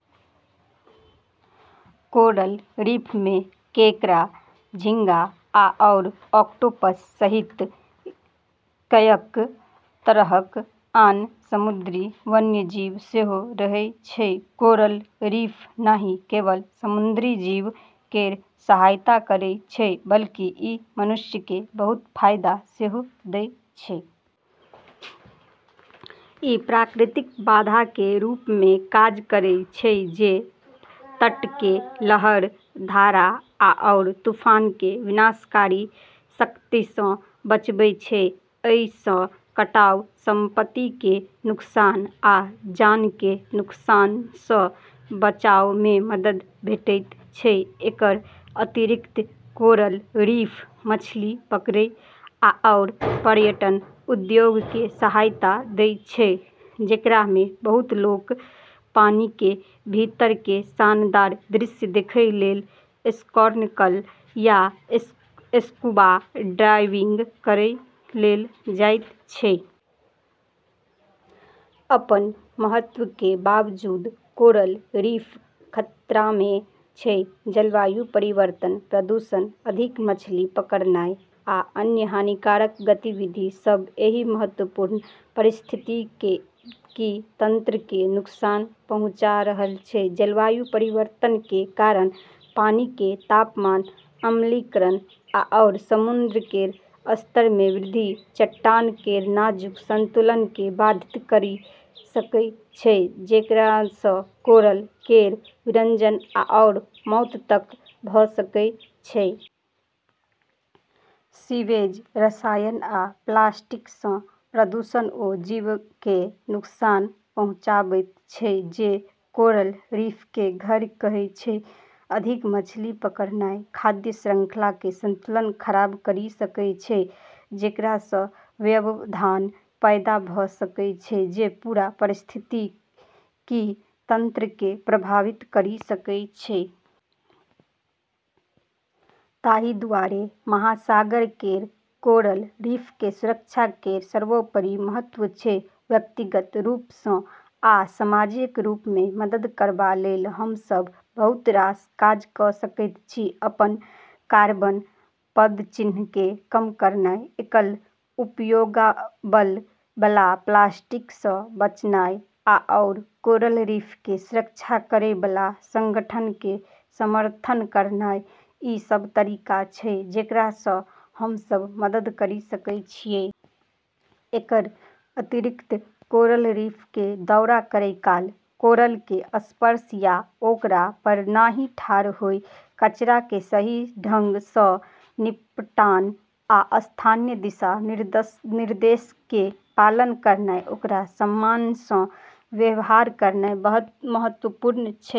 Coral रीफमे केकड़ा, झींगा, आओर ऑक्टोपस सहित कएक तरहक आन समुद्री वन्यजीव सेहो रहै छै। कोरल रीफ नहि केवल समुद्री जीवन केर सहायता करै छै, बल्कि ई मनुष्यके बहुत फाइदा सेहो दै छै। ई प्राकृतिक बाधाके रूपमे काज करै छै, जे तटके लहर, धारा आओर तूफानके विनाशकारी शक्तिसँ बचबै छै। अइसँ कटाव, संपत्तिके नुकसान, आ जानके नुकसानसँ बचावमे मदद भेटैत छै । एकर अतिरिक्त, कोरल रीफ मछली पकड़ै आओर पर्यटन उद्योगके सहायता दै छै, जेकरामे बहुत लोक पानिके भीतरके शानदार दृश्य देखै लेल स्नॉर्कल या स्कूबा डाइविंग करै लेल जाइत छै। अपन महत्वके बावजूद कोरल रीफ खतरामे छै। जलवायु परिवर्तन, प्रदूषण, अधिक मछली पकड़नाइ, आ अन्य हानिकारक गतिविधि सब, एहि महत्वपूर्ण पारिस्थितिकी तंत्रके नुकसान पहुंचा रहल छै । जलवायु परिवर्तनके कारण पानिके तापमान, अम्लीकरण, आओर समुद्र केर स्तरमे वृद्धि चट्टान केर नाजुक संतुलनके बाधित करि सकै छै, जेकरासँ कोरल केर विरंजन आओर मौत तक भ' सकै छै। सीवेज, रसायन आ प्लास्टिकसँ प्रदूषण ओ जीवके नुकसान पहुंचाबैत छै जे कोरल रीफके घर कहै छै । अधिक मछली पकड़नाइ खाद्य श्रृंखलाके संतुलन खराब करि सकय छै, जेकरासँ व्यवधान पैदा भ' सकय छै जे पूरा पारिस्थितिकी तंत्रके प्रभावित करि सकय छै। ताहि दुआरे महासागर केर कोरल रीफके सुरक्षा केर सर्वोपरि महत्व छै। व्यक्तिगत रूपसँ आ सामाजिक रूपमे मदद करबा लेल हम सब बहुत रास काज क' सकैत छी। अपन कार्बन पदचिह्नके कम करनाइ, एकल उपयोगबला प्लास्टिकसँ बचनाइ, आओर कोरल रीफके सुरक्षा करैबला संगठनके समर्थन करनाइ, ई सब तरीका छै जेकरासँ हमसब मदद करि सकै छियै। एकर अतिरिक्त, कोरल रीफके दौरा करै काल, कोरलके स्पर्श या ओकरा पर नहि ठार होइ, कचराके सही ढङ्ग सँ निपटान, आ स्थानीय दिशा निर्देशके पालन करनाइ, ओकरा सम्मानसँ व्यवहार करनाइ महत्वपूर्ण छै ।